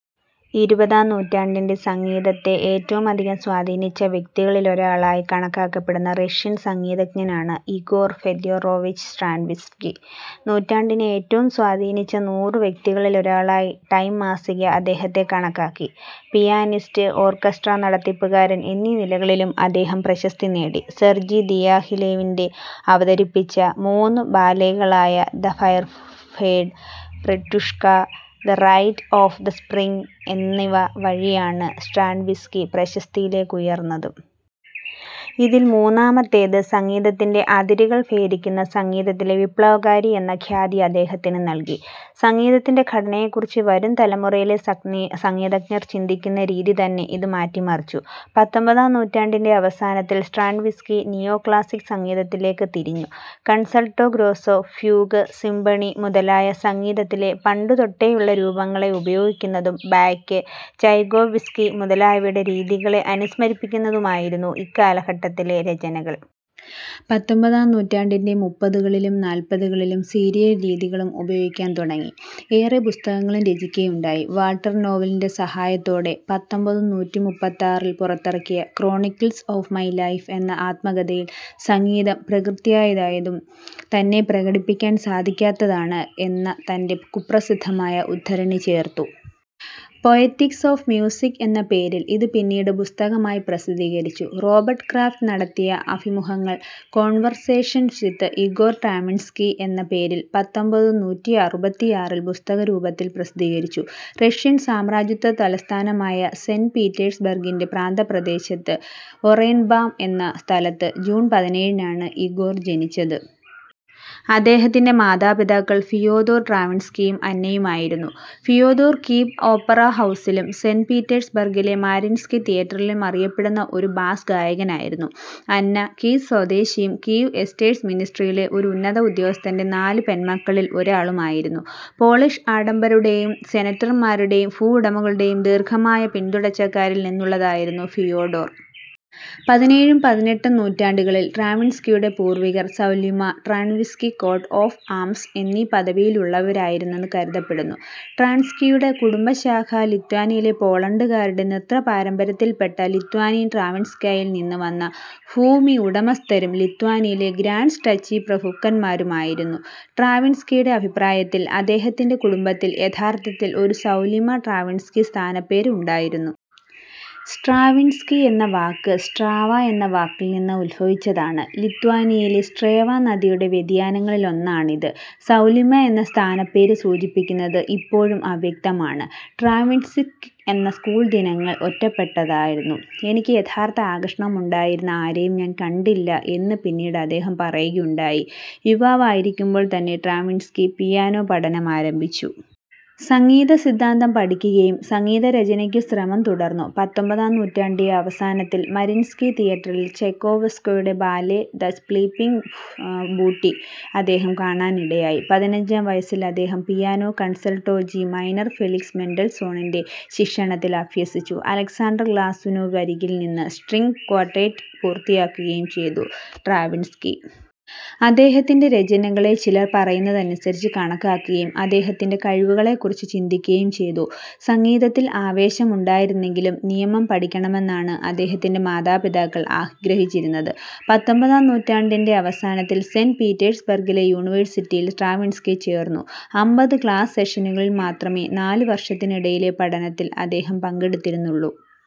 ഇരുപതാം നൂറ്റാണ്ടിൻ്റെ സംഗീതത്തെ ഏറ്റവുമധികം സ്വാധീനിച്ച വ്യക്തികളിലൊരാളായി കണക്കാക്കപ്പെടുന്ന റഷ്യൻ സംഗീതജ്ഞനാണ് ഇഗോർ ഫ്യൊദൊറോവിച്ച് സ്ട്രാവിൻസ്കി. നൂറ്റാണ്ടിനെ ഏറ്റവും സ്വാധീനിച്ച നൂറ് വ്യക്തികളിലൊരാളായി ടൈം മാസിക അദ്ദേഹത്തെ കണക്കാക്കി. പിയാനിസ്റ്റ്, ഓർക്കസ്ട്ര നടത്തിപ്പുകാരൻ എന്നീ നിലകളിലും അദ്ദേഹം പ്രശസ്തി നേടി. സെർജി ദിയാഘിലേവിൻ്റെ അവതരിപ്പിച്ച മൂന്ന് ബാലേകളായ the firebird, Petrushka, the rite of the spring എന്നിവ വഴിയാണ് സ്ട്രാവിൻസ്കി പ്രശസ്തിയിലേക്കുയർന്നത്. ഇതിൽ മൂന്നാമത്തേത് സംഗീതത്തിൻ്റെ അതിരുകൾ ഭേദിക്കുന്ന സംഗീതത്തിലെ വിപ്ലവകാരി എന്ന ഖ്യാതി അദ്ദേഹത്തിനു നൽകി. സംഗീതത്തിൻ്റെ ഘടനയെക്കുറിച്ച് വരും തലമുറയിലെ സംഗീതജ്ഞർ ചിന്തിക്കുന്ന രീതി തന്നെ ഇത് മാറ്റിമറിച്ചു. പത്തൊമ്പതാം നൂറ്റാണ്ടിൻ്റെ അവസാനത്തിൽ സ്ട്രാവിൻസ്കി നിയോക്ലാസ്സിക് സംഗീതത്തിലേക്ക് തിരിഞ്ഞു. കൺസർട്ടോ ഗ്രോസ്സോ, ഫ്യൂഗ്, സിംഫണി മുതലായ സംഗീതത്തിലെ പണ്ടുതൊട്ടേയുള്ള രൂപങ്ങളെ ഉപയോഗിക്കുന്നതും ബാക്ക്, ചൈകോവ്സ്കി മുതലായവരുടെ രീതികളെ അനുസ്മരിപ്പിക്കുന്നതുമായിരുന്നു ഇക്കാലഘട്ടത്തിലെ രചനകൾ. പത്തൊമ്പതാം നൂറ്റാണ്ടിൻ്റെ മുപ്പതുകളിലും നാല്പതുകളിലും സീരിയൽ രീതികളും ഉപയോഗിക്കാൻ തുടങ്ങി. ഏറെ പുസ്തകങ്ങളും രചിക്കുകയുണ്ടായി. വാൾട്ടർ നോവലിൻ്റെ സഹായത്തോടെ പത്തൊമ്പതുനൂറ്റി മുപ്പത്താറിൽ പുറത്തിറക്കിയ ക്രോണിക്കിൾസ് ഓഫ് മൈ ലൈഫ് എന്ന ആത്മകഥയിൽ സംഗീതം പ്രകൃത്യാ യാതൊന്നും തന്നെ പ്രകടിപ്പിക്കാൻ സാധിക്കാത്തതാണ് എന്ന തൻ്റെ കുപ്രസിദ്ധമായ ഉദ്ധരണി ചേർത്തു. പൊയെറ്റിക്സ് ഓഫ് മ്യൂസിക് എന്ന പേരിൽ ഇത് പിന്നീട് പുസ്തകമായി പ്രസിദ്ധീകരിച്ചു. റോബർട്ട് ക്രാഫ്റ്റ് നടത്തിയ അഭിമുഖങ്ങൾ കോൺവെർസേഷൻസ് വിത്ത് ഇഗോർ സ്ട്രാവിൻസ്കി എന്ന പേരിൽ പത്തൊമ്പതുനൂറ്റി അറുപത്തിയാറിൽ പുസ്തകരൂപത്തിൽ പ്രസിദ്ധീകരിച്ചു. റഷ്യൻ സാമ്രാജ്യത്വ തലസ്ഥാനമായ സെന്റ് പീറ്റേർസ്ബർഗിൻ്റെ പ്രാന്തപ്രദേശത്ത് ഒറനൈൻബാം എന്ന സ്ഥലത്ത് ജൂൺ പതിനേഴിനാണ് ഇഗോർ ജനിച്ചത്. അദ്ദേഹത്തിൻ്റെ മാതാപിതാക്കൾ ഫിയോദോർ സ്ട്രാവിൻസ്കിയും അന്നയുമായിരുന്നു. ഫിയോദോർ കീവ് ഓപ്പറ ഹൗസിലും സെന്റ് പീറ്റേഴ്സ്ബർഗിലെ മാരിൻസ്കി തിയേറ്ററിലും അറിയപ്പെടുന്ന ഒരു ബാസ് ഗായകനായിരുന്നു. അന്ന കീവ് സ്വദേശിനിയും കീവ് എസ്റ്റേറ്റ്സ് മിനിസ്ട്രിയിലെ ഒരു ഉന്നത ഉദ്യോഗസ്ഥൻ്റെ നാല് പെൺമക്കളിൽ ഒരാളുമായിരുന്നു. പോളിഷ് ആഡംബരരുടെയും സെനറ്റർമാരുടെയും ഭൂവുടമകളുടെയും ദീർഘമായ പിൻതുടർച്ചക്കാരിൽ നിന്നുള്ളതായിരുന്നു ഫിയോഡോർ. പതിനേഴും പതിനെട്ടും നൂറ്റാണ്ടുകളിൽ സ്ട്രാവിൻസ്കിയുടെ പൂർവ്വികർ Soulima, Stravinsky coat of arms എന്നീ പദവിയിലുള്ളവരായിരുന്നുവെന്ന് കരുതപ്പെടുന്നു. സ്ട്രാവിൻസ്കിയുടെ കുടുംബശാഖ ലിത്വാനിയയിലെ പോളണ്ടുകാരുടെ നൃത്തപാരമ്പര്യത്തിൽപ്പെട്ട ലിത്വാനിയൻ സ്ട്രാവിൻസ്കാസിൽ നിന്ന് വന്ന ഭൂമിയുടമസ്ഥരും ലിത്വാനിയയിലെ ഗ്രാൻഡ് ഡച്ചി പ്രഭുക്കന്മാരും ആയിരുന്നു. സ്ട്രാവിൻസ്കിയുടെ അഭിപ്രായത്തിൽ, അദ്ദേഹത്തിൻ്റെ കുടുംബത്തിൽ യഥാർത്ഥത്തിൽ ഒരു സൗലിമ സ്ട്രാവിൻസ്കി സ്ഥാനപ്പേര് ഉണ്ടായിരുന്നു. സ്ട്രാവിൻസ്കി എന്ന വാക്ക് സ്ട്രാവ എന്ന വാക്കിൽനിന്നും ഉത്ഭവിച്ചതാണ്. ലിത്വാനിയയിലെ സ്ട്രേവ നദിയുടെ വ്യതിയാനങ്ങളിലൊന്നാണ് ഇത്. സൗലിമ എന്ന സ്ഥാനപ്പേര് സൂചിപ്പിക്കുന്നത് ഇപ്പോഴും അവ്യക്തമാണ്. സ്ട്രാവിൻസ്കിക്ക് തൻ്റെ സ്കൂൾദിനങ്ങൾ ഒറ്റപ്പെട്ടതായിരുന്നു. എനിക്ക് യഥാർത്ഥ ആകർഷണമുണ്ടായിരുന്ന ആരെയും ഞാൻ കണ്ടില്ല എന്ന് പിന്നീട് അദ്ദേഹം പറയുകയുണ്ടായി. യുവാവായിരിക്കുമ്പോൾ തന്നെ സ്ട്രാവിൻസ്കി പിയാനോ പഠനമാരംഭിച്ചു. സംഗീതസിദ്ധാന്തം പഠിക്കുകയും സംഗീതരചനയ്ക്കും ശ്രമം തുടർന്നു. പത്തൊമ്പതാം നൂറ്റാണ്ടിൻ്റെ അവസാനത്തിൽ മരിൻസ്കി തിയേറ്ററിൽ ചൈകോവ്സ്കിയുടെ ബാലെ ദ സ്ലീപ്പിംഗ് ബ്യൂട്ടി അദ്ദേഹം കാണാനിടയായി. പതിനഞ്ചാം വയസ്സിൽ അദ്ദേഹം piano concerto G minor Felix മെൻഡൽസോണിൻ്റെ ശിക്ഷണത്തിൽ അഭ്യസിച്ചു. അലക്സാണ്ടർ ഗ്ലാസുനോവിനരികിൽ നിന്ന് സ്ട്രിങ് ക്വാർട്ടെറ്റ് പൂർത്തിയാക്കുകയും ചെയ്തു. സ്ട്രാവിൻസ്കി അദ്ദേഹത്തിൻ്റെ രചനകളെ ചിലർ പറയുന്നതനുസരിച്ച് കണക്കാക്കുകയും അദ്ദേഹത്തിൻ്റെ കഴിവുകളെക്കുറിച്ച് ചിന്തിക്കുകയും ചെയ്തു. സംഗീതത്തിൽ ആവേശം ഉണ്ടായിരുന്നെങ്കിലും നിയമം പഠിക്കണമെന്നാണ് അദ്ദേഹത്തിൻ്റെ മാതാപിതാക്കൾ ആഗ്രഹിച്ചിരുന്നത്. പത്തൊമ്പതാം നൂറ്റാണ്ടിൻ്റെ അവസാനത്തിൽ സെന്റ് പീറ്റേഴ്സ്ബർഗിലെ യൂണിവേഴ്സിറ്റിയിൽ സ്ട്രാവിൻസ്കി ചേർന്നു. അമ്പത് ക്ലാസ് സെക്ഷനുകളിൽ മാത്രമേ നാലുവർഷത്തിനിടയിലെ പഠനത്തിൽ അദ്ദേഹം പങ്കെടുത്തിരുന്നുള്ളൂ.